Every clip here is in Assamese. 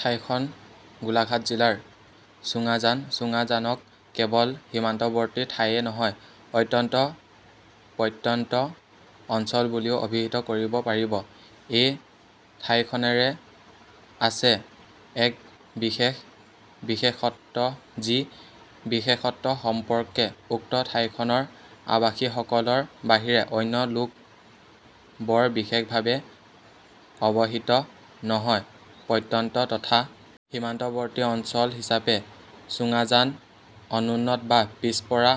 ঠাইখন গোলাঘাট জিলাৰ চুঙাজানচুঙাজানক কেৱল সীমান্তৱৰ্তী ঠাইয়ে নহয় অত্যন্ত প্ৰত্যন্ত অঞ্চল বুলিও অভিহিত কৰিব পাৰিবএই ঠাইখনৰে আছে এক বিশেষ বিশেষত্বযি বিশেষত্ব সম্পৰ্কে উক্ত ঠাইখনৰ আৱাসীসকলৰ বাহিৰে অন্য লোক বৰ বিশেষভাৱে অৱহিত নহয়প্ৰত্যন্ত তথা সীমান্তৱৰ্তী অঞ্চল হিচাপে চুঙাজান অনুন্নত বা পিছপৰা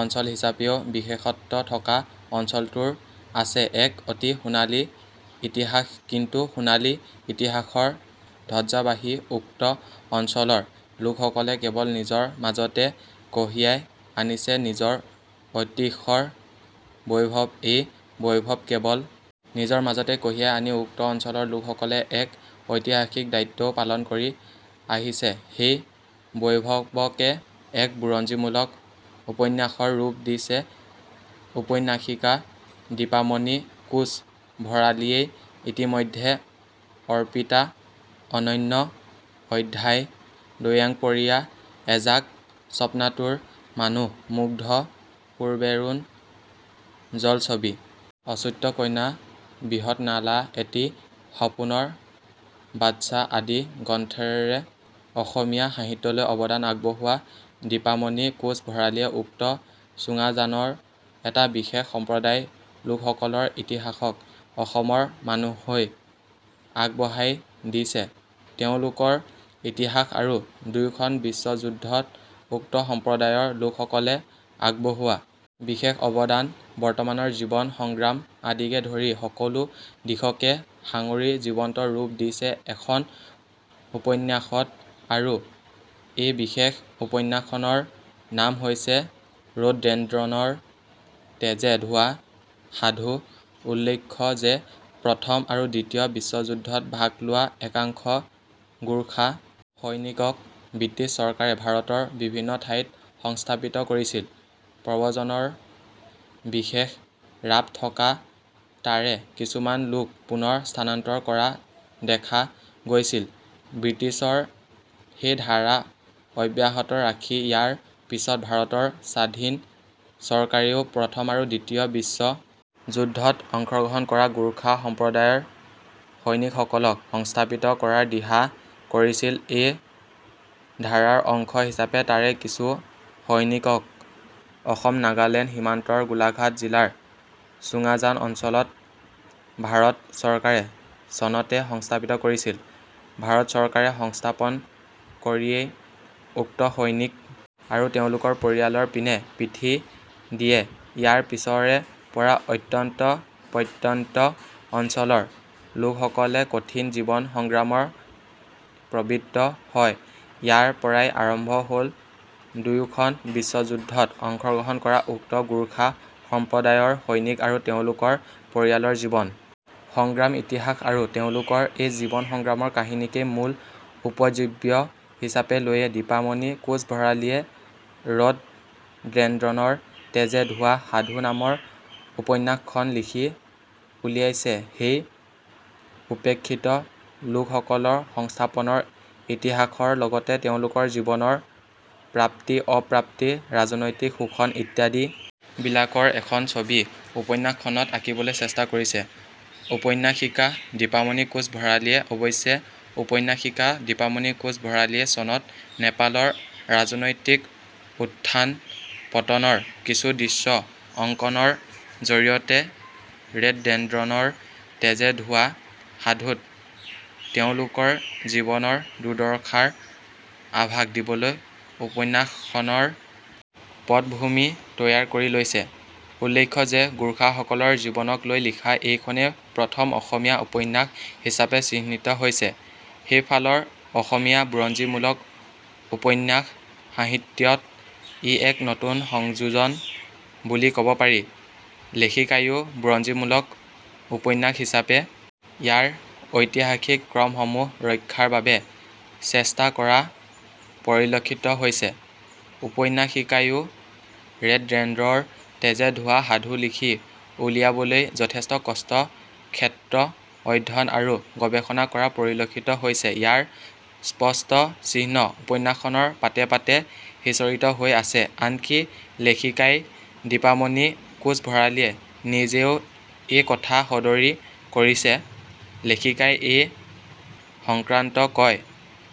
অঞ্চল হিচাপেও বিশেষত্ব থকা অঞ্চলটোৰ আছে এক অতি সোণোলী ইতিহাসকিন্তু সোণালী ইতিহাসৰ ধ্বজাবাহী উক্ত অঞ্চলৰ লোকসকলে কেৱল নিজৰ মাজতে কঢ়িয়াই আনিছে নিজৰ ঐহিত্যৰ বৈভৱএই বৈভৱ কেৱল নিজৰ মাজতে কঢ়িয়াই আনি উক্ত অঞ্চলৰ লোকসকলে এক ঐতিহাসিক দায়িত্বও পালন কৰি আহিছেসেই বৈভৱকে এক বুৰঞ্জীমূলক উপন্যাসৰ ৰূপ দিছে ঔপন্যাসিকা দীপামণি কোচ ভৰালীয়েইতিমধ্য অৰ্পিতা অনন্য অধ্যায় দৈয়াংপৰীয়া এজাক স্বপ্নাতুৰ মানুহ মুগ্ধ পূবেৰুণ জলছবি অচ্যুতকন্যা বৃহন্নলাএটি সপোনৰ বাটচা আদি গ্ৰন্থৰেৰে অসমীয়া সাহিত্যলৈ অৱদান আগবঢ়োৱা দীপামণি কোচ ভৰালীয়ে উক্ত চুঙাজানৰ এটা বিশেষ সম্প্ৰদায় লোকসকলৰ ইতিহাসক অসমৰ মানুহৈ আগবঢ়াই দিছেতেওঁলোকৰ ইতিহাস আৰু দুয়োখন বিশ্ব যুদ্ধত উক্ত সম্প্ৰদায়ৰ লোকসকলে আগবঢ়োৱা বিশেষ অৱদান বৰ্তমানৰ জীৱন সংগ্ৰাম আদিকে ধৰি সকলো দিশকে সাঙুৰি জীৱন্ত ৰূপ দিছে এখন উপন্যাসতআৰু এই বিশেষ উপন্যাসখনৰ নাম হৈছে ৰডড্ৰেণ্ডনৰ তেজে ধোৱা সাধুউল্লেখ্য যে প্ৰথম আৰু দ্বিতীয় বিশ্বযুদ্ধত ভাগ লোৱা একাংশ গোৰ্খা সৈনিকক বৃটিছ চৰকাৰে ভাৰতৰ বিভিন্ন ঠাইত সংস্থাপিত কৰিছিল৷ প্ৰব্ৰজনৰ বিশেষ ৰাপ থকা তাৰে কিছুমান লোক পুনৰ স্থানান্তৰ কৰা দেখা গৈছিলবৃটিছৰ সেই ধাৰা অব্যাহত ৰাখি ইয়াৰ পিছত ভাৰতৰ স্বাধীন চৰকাৰেও প্ৰথম আৰু দ্বিতীয় বিশ্ব যুদ্ধত অংশগ্ৰহণ কৰা গোৰ্খা সম্প্ৰদায়ৰ সৈনিকসকলক সংস্থাপিত কৰাৰ দিহা কৰিছিলএই ধাৰাৰ অংশ হিচাপে তাৰে কিছু সৈনিকক অসমনগালেণ্ড সীমান্তৰ গোলাঘাট জিলাৰ চুঙাজান অঞ্চলত ভাৰত চৰকাৰে চনতে সংস্থাপিত কৰিছিল৷ ভাৰত চৰকাৰে সংস্থাপন কৰিয়েই উক্ত সৈনিক আৰু তেওঁলোকৰ পৰিয়ালৰ পিনে পিঠি দিয়েইয়াৰ পিছৰে পৰা অত্যন্ত প্ৰত্যন্ত অঞ্চলৰ লোকসকলে কঠিন জীৱন সংগ্ৰামৰ প্ৰবৃত্ত হয়ইয়াৰ পৰাই আৰম্ভ হয় দুয়োখন বিশ্ব যুদ্ধত অংশগ্ৰহণ কৰা উক্ত গোৰ্খা সম্প্ৰদায়ৰ সৈনিক আৰু তেওঁলোকৰ পৰিয়ালৰ জীৱন সংগ্ৰামইতিহাস আৰু তেওঁলোকৰ এই জীৱন সংগ্ৰামৰ কাহিনীকেই মূল উপজীৱ্য হিচাপে লৈয়ে দীপামণি কোচ ভৰালীয়ে ৰডড্ৰেণ্ডনৰ তেজে ধোৱা সাধু নামৰ উপন্যাসখন লিখি উলিয়াইছেসেই উপেক্ষিত লোকসকলৰ সংস্থাপনৰ ইতিহাসৰ লগতে তেওঁলোকৰ জীৱনৰ প্ৰাপ্তিঅপ্ৰাপ্তি ৰাজনৈতিক শোষণ ইত্যাদি বিলাকৰ এখন ছবি উপন্যাসখনত আঁকিবলৈ চেষ্টা কৰিছে ঔপন্যাসিকা দীপামণি কোচ ভৰালীয়েঅৱশ্যে ঔপন্যাসিকা দীপামণি কোচ ভৰালীয়ে চনত নেপালৰ ৰাজনৈতিক উত্থানপতনৰ কিছু দৃশ্য অংকণৰ জৰিয়তে ৰডড্ৰেণ্ডনৰ তেজে ধোৱা সাধুত তেওঁলোকৰ জীৱনৰ দুৰ্দশাৰ আভাস দিবলৈ উপন্যাসখনৰ পটভূমি তৈয়াৰ কৰি লৈছে৷ উল্লেখ্য যে গোৰ্খাসকলৰ জীৱনক লৈ লিখা এইখনেই প্ৰথম অসমীয়া উপন্যাস হিচাপে চিহ্নিত হৈছে৷ সেইফালৰ অসমীয়া বুৰঞ্জীমূলক উপন্যাস সাহিত্যত ই এক নতুন সংযোজন বুলি কব পাৰি৷ লেখিকাইও বুৰঞ্জীমূলক উপন্যাস হিচাপে ইয়াৰ ঐতিহাসিক ক্ৰমসমূহ ৰক্ষাৰ বাবে চেষ্টা কৰা পৰিলক্ষিত হৈছেঔপন্যাসিকাইও ৰডড্ৰেণ্ডনৰ তেজে ধোৱা সাধু লিখি উলিয়াবলৈ যথেষ্ট কষ্ট ক্ষেত্ৰ অধ্যয়ন আৰু গৱেষণা কৰা পৰিলক্ষিত হৈছেইয়াৰ স্পষ্ট চিহ্ন উপন্যাসৰ পাতে পাতে সিঁচৰিত হৈ আছেআনকি লেখিকাই দীপামণি কোচ ভৰালীয়ে নিজেও এই কথা সদৰী কৰিছেলেখিকাই এই সংক্ৰান্ত কয়.